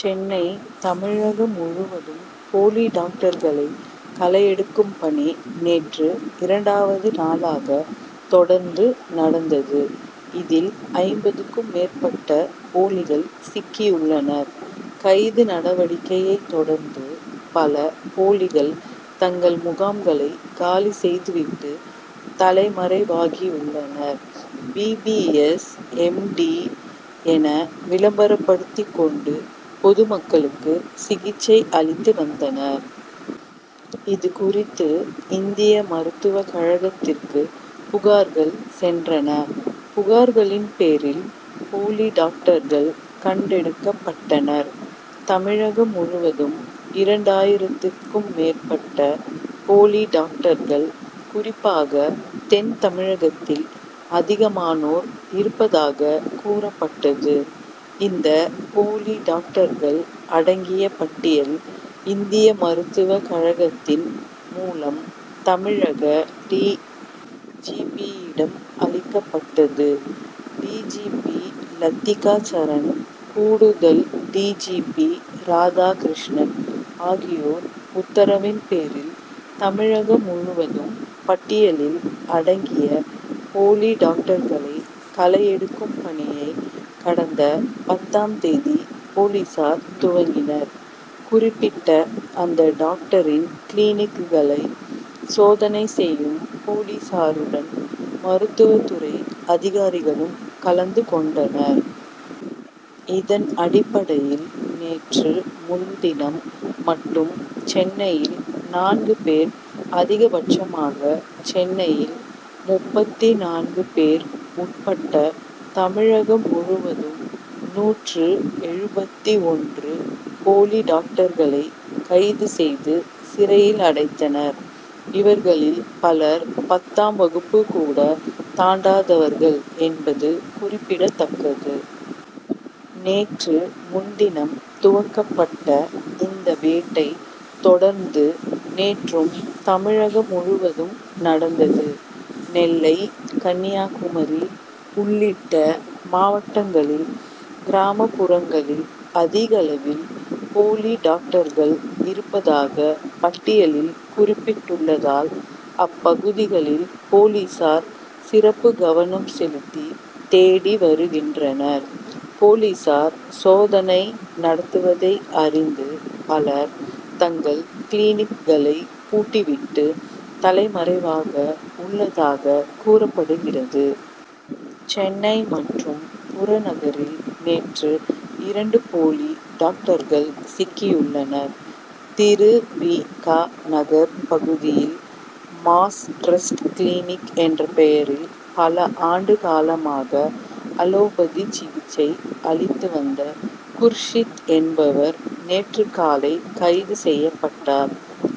சென்னை தமிழகம் முழுவதும் போலி டாக்டர்களை களையெடுக்கும் பணி நேற்று இரண்டாவது நாளாக தொடர்ந்து நடந்தது. இதில், ஐம்பதுக்கும் மேற்பட்ட போலிகள் சிக்கியுள்ளனர். கைது நடவடிக்கையை தொடர்ந்து, பல போலிகள் தங்கள் முகாம்களை காலி செய்துவிட்டு தலைமறைவாகியுள்ளனர். B. B. S., M. D., என விளம்பரப்படுத்திக் கொண்டு பொதுமக்களுக்கு சிகிச்சை அளித்துவந்தனர். இதுகுறித்து, இந்திய மருத்துவ கழகத்திற்கு புகார்கள் சென்றன. புகார்களின் பேரில், போலி டாக்டர்கள் கணக்கெடுக்கப்பட்டனர். தமிழகம் முழுவதும் இரண்டாயிரத்திற்கும் மேற்பட்ட போலி டாக்டர்கள், குறிப்பாக தென் தமிழகத்தில் அதிகமானோர் இருப்பதாக கூறப்பட்டது. இந்த போலி டாக்டர்கள் அடங்கிய பட்டியல், இந்திய மருத்துவக் கழகத்தின் மூலம், தமிழக டி. ஜி. பி.,யிடம் அளிக்கப்பட்டது. D. G. P., Lathika Saran, கூடுதல் டி. ஜி. பி., ராதாகிருஷ்ணன் ஆகியோர் உத்தரவின் பேரில், தமிழகம் முழுவதும் பட்டியலில் அடங்கிய போலி டாக்டர்களை களையெடுக்கும் பணியை, கடந்த பத்தாம் தேதி போலீசார் துவக்கினர். குறிப்பிட்ட அந்த டாக்டரின் கிளினிக்குகளை சோதனை செய்யும் போலீசாருடன், மருத்துவத் துறை அதிகாரிகளும் கலந்து கொண்டனர். இதன் அடிப்படையில் நேற்று முன்தினம் மட்டும் சென்னையில் நான்கு பேர், அதிகபட்சமாக நெல்லையில் முப்பத்து நான்கு பேர் உட்பட தமிழகம் முழுவதும் நூற்று எழுபத்து ஒன்று போலி டாக்டர்களை கைது செய்து சிறையில் அடைத்தனர். இவர்களில் பலர் பத்தாம் வகுப்பு கூட தாண்டாதவர்கள் என்பது குறிப்பிடத்தக்கது. நேற்று முன்தினம் துவக்கப்பட்ட இந்த வேட்டை, தொடர்ந்து நேற்றும் தமிழகம் முழுவதும் நடந்தது. நெல்லை, கன்னியாகுமரி உள்ளிட்ட மாவட்டங்களில் கிராமப்புறங்களில் அதிகளவில் போலி டாக்டர்கள் இருப்பதாக பட்டியலில் குறிப்பிட்டுள்ளதால், அப்பகுதிகளில் போலீசார் சிறப்பு கவனம் செலுத்தி தேடி வருகின்றனர். போலீசார் சோதனை நடத்துவதை அறிந்து பலர், தங்கள் கிளினிக்குகளை பூட்டிவிட்டு, தலைமறைவாக உள்ளதாக கூறப்படுகிறது. சென்னை மற்றும் புறநகரில் நேற்று இரண்டு போலி டாக்டர்கள் சிக்கியுள்ளனர். திரு. வி. க., நகர் பகுதியில் மாஸ் டிரஸ்ட் கிளினிக் என்ற பெயரில் பல ஆண்டு காலமாக அலோபதி சிகிச்சை அளித்து வந்த குர்ஷித் என்பவர், நேற்று காலை கைது செய்யப்பட்டார்.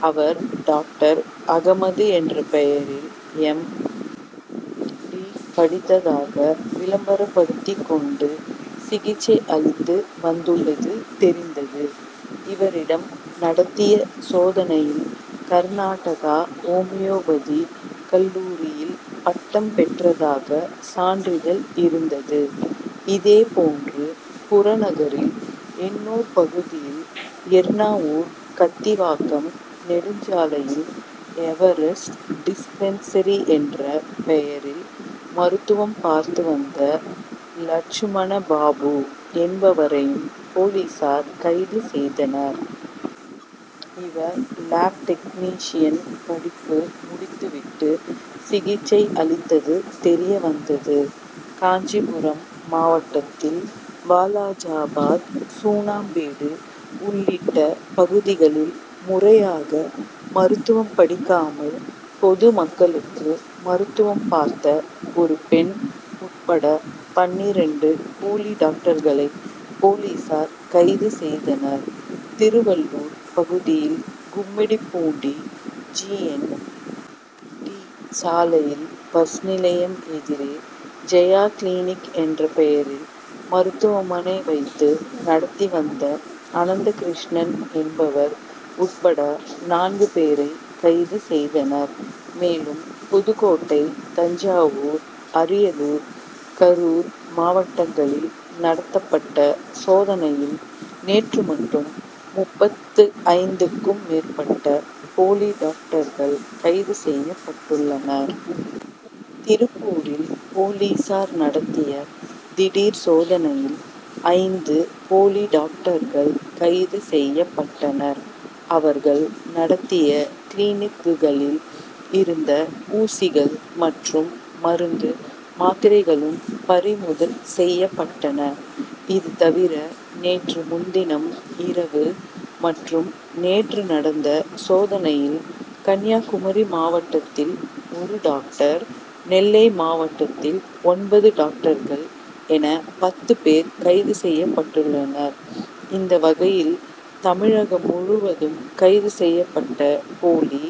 அவர், டாக்டர் அகமது என்ற பெயரில் எம். டி., படித்ததாக விளம்பரப்படுத்திக் கொண்டு சிகிச்சை அளித்து வந்துள்ளது தெரிந்தது. இவரிடம் நடத்திய சோதனையில், கர்நாடகா ஓமியோபதி கல்லூரியில் பட்டம் பெற்றதாக சான்றிதழ் இருந்தது. இதே போன்று, புறநகரில் எண்ணூர் பகுதியில் எர்ணாவூர், கத்திவாக்கம் நெடுஞ்சாலையில் எவரெஸ்ட் டிஸ்பென்சரி என்ற பெயரில் மருத்துவம் பார்த்துவந்த லட்சுமண பாபு என்பவரையும் போலீசார் கைது செய்தனர். இவர், லேப்டெக்னீஷியன் படிப்பு முடித்துவிட்டு, சிகிச்சை அளித்தது தெரியவந்தது. காஞ்சிபுரம் மாவட்டத்தில் வாலாஜாபாத், சூணாம்பேடு உள்ளிட்ட பகுதிகளில் முறையாக மருத்துவம் படிக்காமல் பொதுமக்களுக்கு மருத்துவம் பார்த்த ஒரு பெண் உட்பட பன்னிரண்டு போலி டாக்டர்களை, போலீசார் கைது செய்தனர். திருவள்ளூர் பகுதியில் கும்மிடிப்பூண்டி ஜி. என். டி., சாலையில் பஸ் நிலையம் எதிரே ஜெயா கிளினிக் என்ற பெயரில் மருத்துவமனை வைத்து நடத்தி வந்த அனந்தகிருஷ்ணன் என்பவர் உட்பட நான்கு பேரை கைது செய்தனர். மேலும் புதுக்கோட்டை, தஞ்சாவூர், அரியலூர், கரூர் மாவட்டங்களில் நடத்தப்பட்ட சோதனையில் நேற்று மட்டும் முப்பத்தைந்துக்கும் மேற்பட்ட போலி டாக்டர்கள் கைது செய்யப்பட்டுள்ளனர். திருப்பூரில் போலீசார் நடத்திய திடீர் சோதனையில், ஐந்து போலி டாக்டர்கள் கைது செய்யப்பட்டனர். அவர்கள் நடத்திய கிளினிக்குகளில் இருந்த ஊசிகள் மற்றும் மருந்து, மாத்திரைகளும் பறிமுதல் செய்யப்பட்டன. இது தவிர நேற்று முன்தினம் இரவு மற்றும் நேற்று நடந்த சோதனையில் கன்னியாகுமரி மாவட்டத்தில் ஒரு டாக்டர், நெல்லை மாவட்டத்தில் ஒன்பது டாக்டர்கள் என பத்து பேர் கைது செய்யப்பட்டுள்ளனர். இந்த வகையில் தமிழகம் முழுவதும் கைது செய்யப்பட்ட போலி